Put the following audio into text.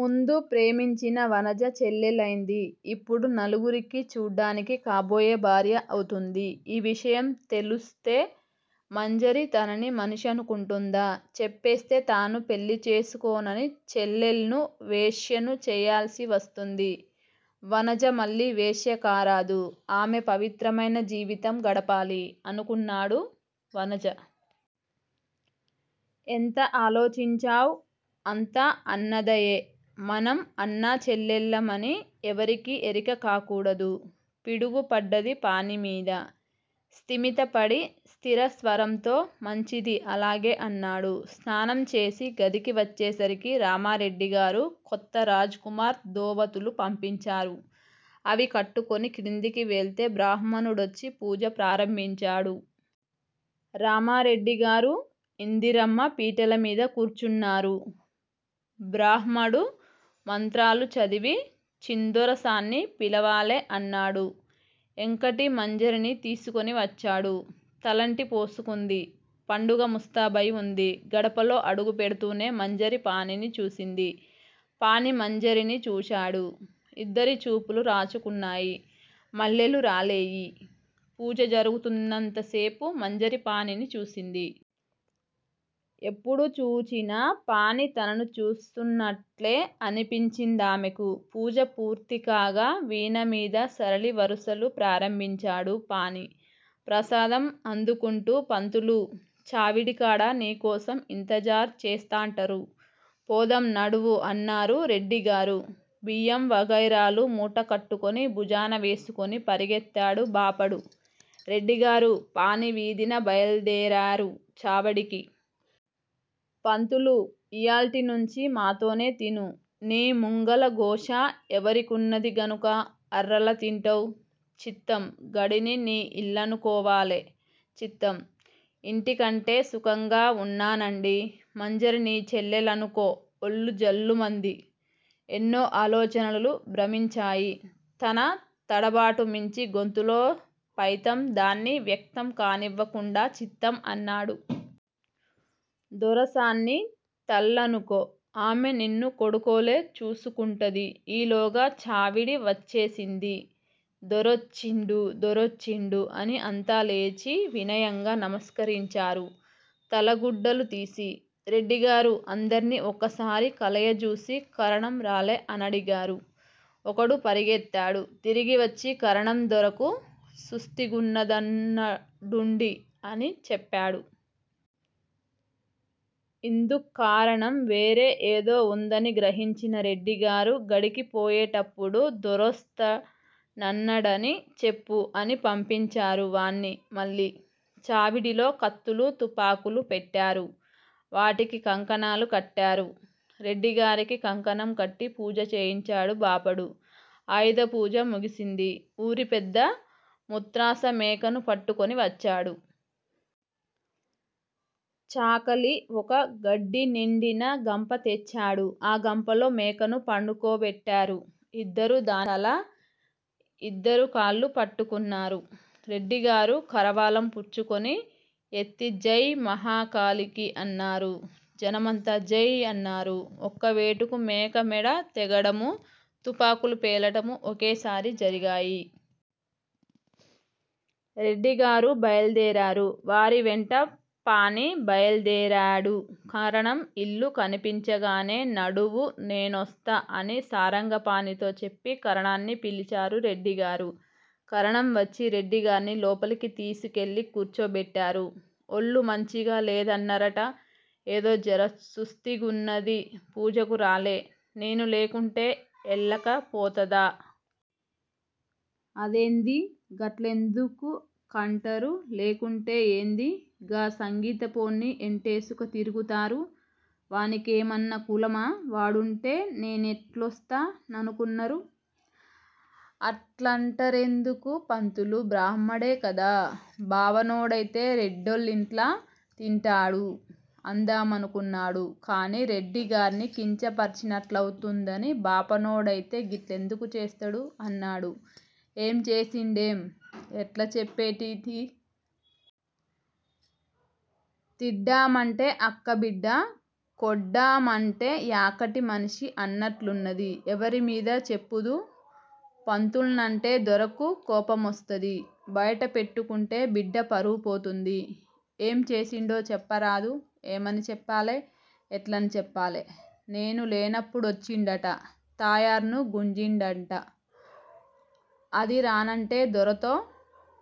ముందు ప్రేమించిన వనజ చెల్లెలైంది. ఇప్పుడు నలుగురికీ చూడ్డానికి కాబోయే భార్య అవుతుంది. ఈ విషయం తెలుస్తే మంజరి తనను మనిషనుకుంటుందా? చెప్పేస్తే తాను పెళ్ళి చేసుకోనని! చెల్లెల్ను వేశ్యను చేయాల్సివస్తుంది. వనజ మళ్ళీ వేశ్య కారాదు. ఆమె పవిత్రమైన జీవితం గడపాలి అనుకున్నాడు. వనజ! ఎంత ఆలోచించావ్? అంతా అన్నదయే. మనం అన్నా, చెల్లెళ్ళమని ఎవ్వరికి ఎరిక కాకూడదు. పిడుగు పడ్డది పాణిమీద. స్తిమితపడి స్థిరస్వరంతో, మంచిది, అలాగే అన్నాడు. స్నానం చేసి గదికి వచ్చేసరికి రామారెడ్డిగారు కొత్త రాజ్ కుమార్ ధోవతులు పంపించారు. అవి కట్టుకొని క్రిందికి వెళ్తే బ్రాహ్మణుడొచ్చి పూజ ప్రారంభించాడు. రామారెడ్డిగారు. ఇందిరమ్మ పీటలమీద కూర్చున్నారు. బ్రాహ్మడు మంత్రాలుచదివి చిందొరసాన్ని పిలవాలె అన్నాడు. ఎంకటి మంజరిని తీసుకొని వచ్చాడు. తలంటి పోసుకుంది. పండుగ ముస్తాబయి ఉంది. గడపలో అడుగు పెడ్తూనే మంజరి పాణిని చూచింది. పాణి మంజరిని చూచాడు. ఇద్దరి చూపులు రాచుకున్నాయి. మల్లెలు రాలేయి. పూజ జరుగుతున్నంతసేపూ మంజరి పాణిని చూసింది. ఎప్పుడు చూచినా పాణి తనను చూస్తునట్లే అనిపించిందామెకు. పూజ పూర్తికాగా వీణమీద సరళి వరుసలు ప్రారంభించాడు పాణి. ప్రసాదం అందుకుంటూ పంతులూ! చావిడికాడ నీకోసం ఇంతజార్ చేస్తాంటరు, పోదం నడువు అన్నారు రెడ్డిగారు. బియ్యం వగైరాలు మూటకట్టుకొని భుజాన వేసుకొని పెరిగెత్తాడు బాపడు. రెడ్డిగారూ, పాణి వీధిన బయల్దేరారు చావడికి. పంతులూ! ఇయాల్టినుంచి మాతోనే తిను. నీ ముంగల గోషా ఎవరికున్నది గనుక అర్రల తింటవ్? చిత్తం. గడీని నీ ఇల్లనుకోవాలె. చిత్తం. ఇంటికంటే సుఖంగా ఉన్నానండీ! మంజరి నీ చెల్లెలనుకో ఒళ్ళు జల్లుమంది. ఎన్నో ఆలోచనలు భ్రమించాయి. తన తడబాటు మించి, గొంతులో పైతం దాన్ని వ్యక్తం కానివ్వకుండా 'చిత్తం' అన్నాడు. దొరసాన్ని తల్లనుకో. ఆమె నిన్ను కొడుకోలే చూసుకుంటది. ఈలోగా చావిడి వచ్చేసింది. దొరొచ్చిండు. దొరొచ్చిండు అని అంతా లేచి వినయంగా నమస్కరించారు, తలగుడ్డలు తీసి. రెడ్డిగారు అందర్నీ ఒక్కసారి కలయజూచి కరణం రాలే అనడిగారు. ఒకడు పరిగెత్తాడు. తిరిగివచ్చి కరణం దొరకు సుస్తిగున్నదన్నడుండి అని చెప్పాడు. ఇందుక్కారణం వేరే ఏదో ఉందని గ్రహించిన రెడ్డిగారు గడీకి పోయేటప్పుడు దొరొస్తనన్నడని చెప్పు అని పంపించారు వాణ్ని మళ్ళీ. చావిడిలో కత్తులూ, తుపాకులూ పెట్టారు. వాటికి కంకణాలు కట్టారు. రెడ్డిగారికి కంకణం కట్టి పూజ చేయించాడు బాపడు. ఆయుధపూజ ముగిసింది. ఊరిపెద్ద ముత్రాస మేకను పట్టుకొనివచ్చాడు. చాకలి ఒక గడ్డినిండిన గంప తెచ్చాడు. ఆ గంపలో మేకను పండుకోబెట్టారు. ఇద్దరు దాని తల, ఇద్దరూ కాళ్ళూ పట్టుకున్నారు. రెడ్డిగారు కరవాలం పుచ్చుకొని యెత్తి జై మహాకాళికి అన్నారు. జనమంతా జై అన్నారు. ఒక్కవేటుకు మేక మెడ తెగడమూ, తుపాకులు పేలటమూ ఒకేసారి జరిగాయి. రెడ్డిగారు బైల్దేరారు. వారివెంట పాణి బైల్దేరాడు. కరణం ఇల్లు కనిపించగానే నడువు, నేనొస్త అని సారంగపాణితో చెప్పి కరణాన్ని పిలిచారు రెడ్డిగారు. కరణం వచ్చి రెడ్డిగార్ని లోపలికి తీసికెళ్ళి కూర్చోబెట్టారు. ఒళ్ళు మంచిగ లేదన్నరట? ఏదో జర సుస్తీగున్నది. పూజకు రాలే? నేను లేకుంటే ఎళ్ళకపోతదా? అదేంది. గట్లెందుకుకంటరు? లేకుంటే ఏంది? గా సంగీతపోన్ని ఎంటేసుక తిరుగుతారు. వానికేమన్న కులమా? వాడుంటే నేనెట్లొస్త ననుకున్నరు? అట్లంటరెందుకు? పంతులు బ్రాహ్మడే కద! 'బావ నోడైతే రెడ్డోళ్ళింట్ల తింటాడు? ' అందామనుకున్నాడు. కాని రెడ్డిగార్ని కించపర్చినట్లవుతుందని బాపనోడైతే గిట్లెందుకు చేస్తడు! అన్నాడు. ఏం చేసిండేం! ఎట్ల చెప్పేటిది? తిడ్డామంటే అక్కబిడ్డ, కొడ్దామంటే యాకటి మనిషి అన్నట్లున్నది. ఎవరిమీద చెప్పుదు? పంతుల్నంటే దొరకు కోపమొస్తది. బయట పెట్టుకుంటే బిడ్డ పరువు పోతుంది. ఏం చేసిండో చెప్పరాదు? ఏమని చెప్పాలే. ఎట్లని చెప్పాలే, నేను లేనప్పుడొచ్చిండట. తాయార్ను గుంజిండంట. అది రానంటే దొరతో